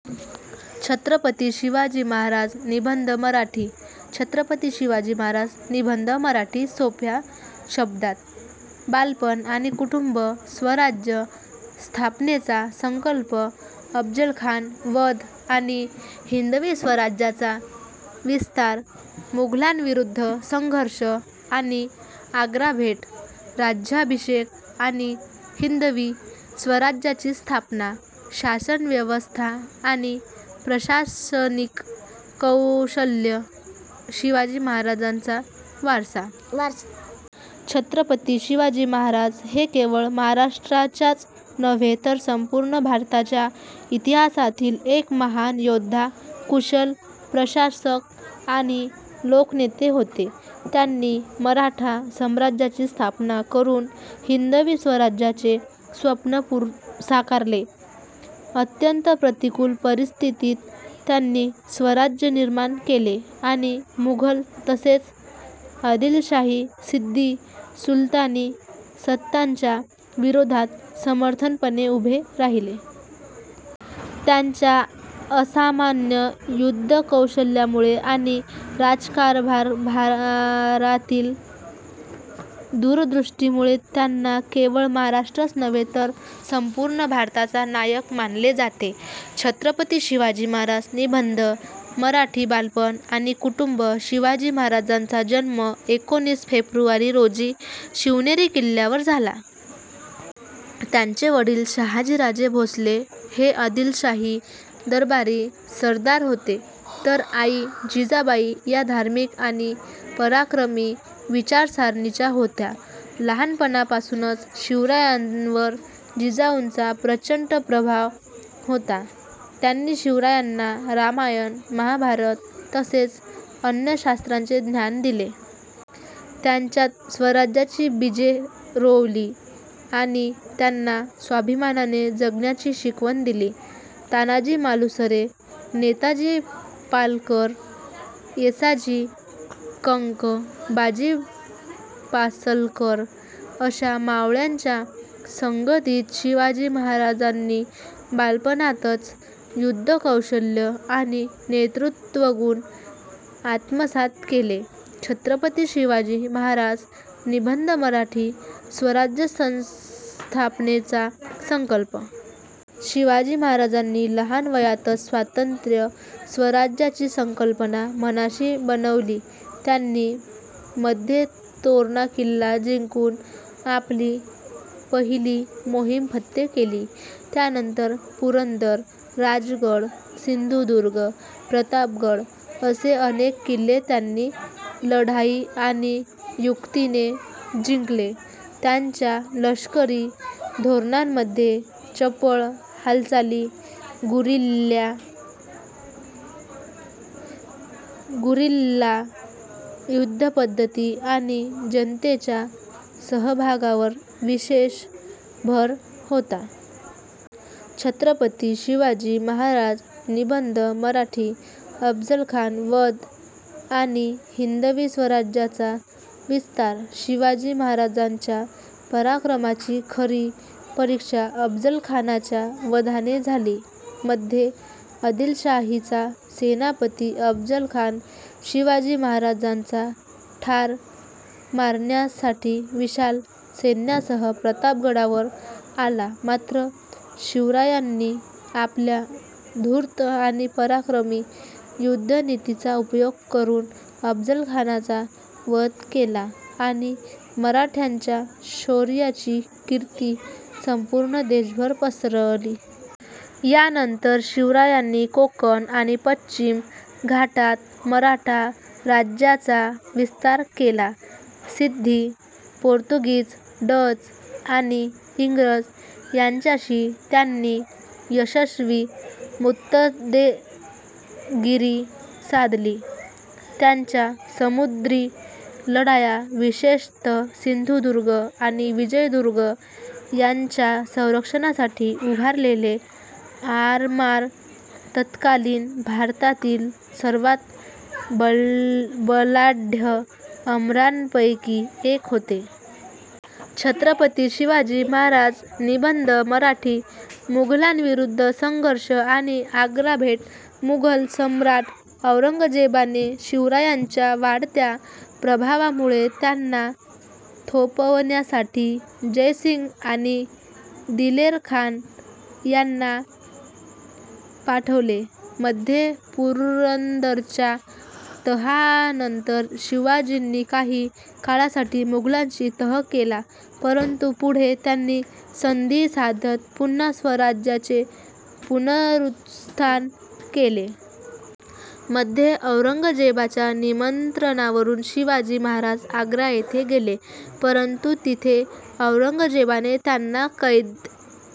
छत्रपती शिवाजी महाराज निबंध मराठी, छत्रपती शिवाजी महाराज निबंध मराठी सोप्या शब्दात, बालपण आणि कुटुंब, स्वराज्य स्थापनेचा संकल्प, अफजलखान वध आणि हिंदवी स्वराज्याचा विस्तार, मुघलांविरुद्ध संघर्ष आणि आग्रा भेट, राज्याभिषेक आणि हिंदवी स्वराज्याची स्थापना, शासनव्यवस्था आणि प्रशासनिक कौशल्य, शिवाजी महाराजांचा वारसा. छत्रपती शिवाजी महाराज हे केवळ महाराष्ट्राच्याच नव्हे तर संपूर्ण भारताच्या इतिहासातील एक महान योद्धा, कुशल प्रशासक आणि लोकनेते होते. त्यांनी मराठा साम्राज्याची स्थापना करून हिंदवी स्वराज्याचे स्वप्न साकारले. अत्यंत प्रतिकूल परिस्थितीत त्यांनी स्वराज्य निर्माण केले आणि मुघल तसेच आदिलशाही, सिद्दी, सुलतानी सत्तांच्या विरोधात समर्थपणे उभे राहिले. त्यांच्या असामान्य युद्धकौशल्यामुळे आणि राज्यकारभारातील दूरदृष्टीमुळे त्यांना केवळ महाराष्ट्रच नव्हे तर संपूर्ण भारताचा नायक मानले जाते. छत्रपती शिवाजी महाराज निबंध मराठी बालपण आणि कुटुंब. शिवाजी महाराजांचा जन्म एकोणीस फेब्रुवारी रोजी शिवनेरी किल्ल्यावर झाला. त्यांचे वडील शाहजीराजे भोसले हे आदिलशाही दरबारी सरदार होते, तर आई जिजाबाई या धार्मिक आणि पराक्रमी विचारसरणीच्या होत्या. लहानपणापासूनच शिवरायांवर जिजाऊंचा प्रचंड प्रभाव होता. त्यांनी शिवरायांना रामायण, महाभारत तसेच अन्य शास्त्रांचे ज्ञान दिले. त्यांच्यात स्वराज्याची बीजे रोवली आणि त्यांना स्वाभिमानाने जगण्याची शिकवण दिली. तानाजी मालुसरे, नेताजी पालकर, येसाजी कंक, बाजी पासलकर अशा मावळ्यांच्या संगतीत शिवाजी महाराजांनी बालपणातच युद्धकौशल्य आणि नेतृत्वगुण आत्मसात केले. छत्रपती शिवाजी महाराज निबंध मराठी स्वराज्य स्थापनेचा संकल्प. शिवाजी महाराजांनी लहान वयातच स्वतंत्र स्वराज्याची संकल्पना मनाशी बाणवली. त्यांनी मध्ये तोरणा किल्ला जिंकून आपली पहिली मोहिम फत्ते केली. त्यानंतर पुरंदर, राजगड, सिंधुदुर्ग, प्रतापगड असे अनेक किल्ले त्यांनी लढाई आणि युक्तीने जिंकले. त्यांच्या लष्करी धोरणांमध्ये चपळ हालचाली, गुरिल्ला युद्धपद्धती आणि जनतेच्या सहभागावर विशेष भर होता. छत्रपती शिवाजी महाराज निबंध मराठी अफजलखान वध आणि हिंदवी स्वराज्याचा विस्तार. शिवाजी महाराजांच्या पराक्रमाची खरी परीक्षा अफजलखानाच्या वधाने झाली. मध्ये आदिलशाहीचा सेनापती अफजलखान शिवाजी महाराजांना ठार मारण्यासाठी विशाल सैन्यासह प्रतापगडावर आला. मात्र, शिवरायांनी आपल्या धूर्त आणि पराक्रमी युद्धनीतीचा उपयोग करून अफजलखानाचा वध केला आणि मराठ्यांच्या शौर्याची कीर्ती संपूर्ण देशभर पसरली. यानंतर शिवरायांनी कोकण आणि पश्चिम घाटात मराठा राज्याचा विस्तार केला. सिद्धी, पोर्तुगीज, डच आणि इंग्रज यांच्याशी त्यांनी यशस्वी मुत्सद्देगिरी साधली. त्यांच्या समुद्री लढाया विशेषतः सिंधुदुर्ग आणि विजयदुर्ग यांच्या संरक्षणासाठी उभारलेले आरमार तत्कालीन भारतातील सर्वांत बलाढ्य आरमारांपैकी एक होते. छत्रपती शिवाजी महाराज निबंध मराठी मुघलांविरुद्ध संघर्ष आणि आग्रा भेट. मुघल सम्राट औरंगजेबाने शिवरायांच्या वाढत्या प्रभावामुळे त्यांना थोपवण्यासाठी जयसिंग आणि दिलेरखान यांना पाठवले. मध्ये पुरंदरच्या तहानंतर शिवाजींनी काही काळासाठी मुघलांशी तह केला, परंतु पुढे त्यांनी संधी साधत पुन्हा स्वराज्याचे पुनरुत्थान केले. मध्ये औरंगजेबाच्या निमंत्रणावरून शिवाजी महाराज आग्रा येथे गेले. परंतु तिथे औरंगजेबाने त्यांना कैद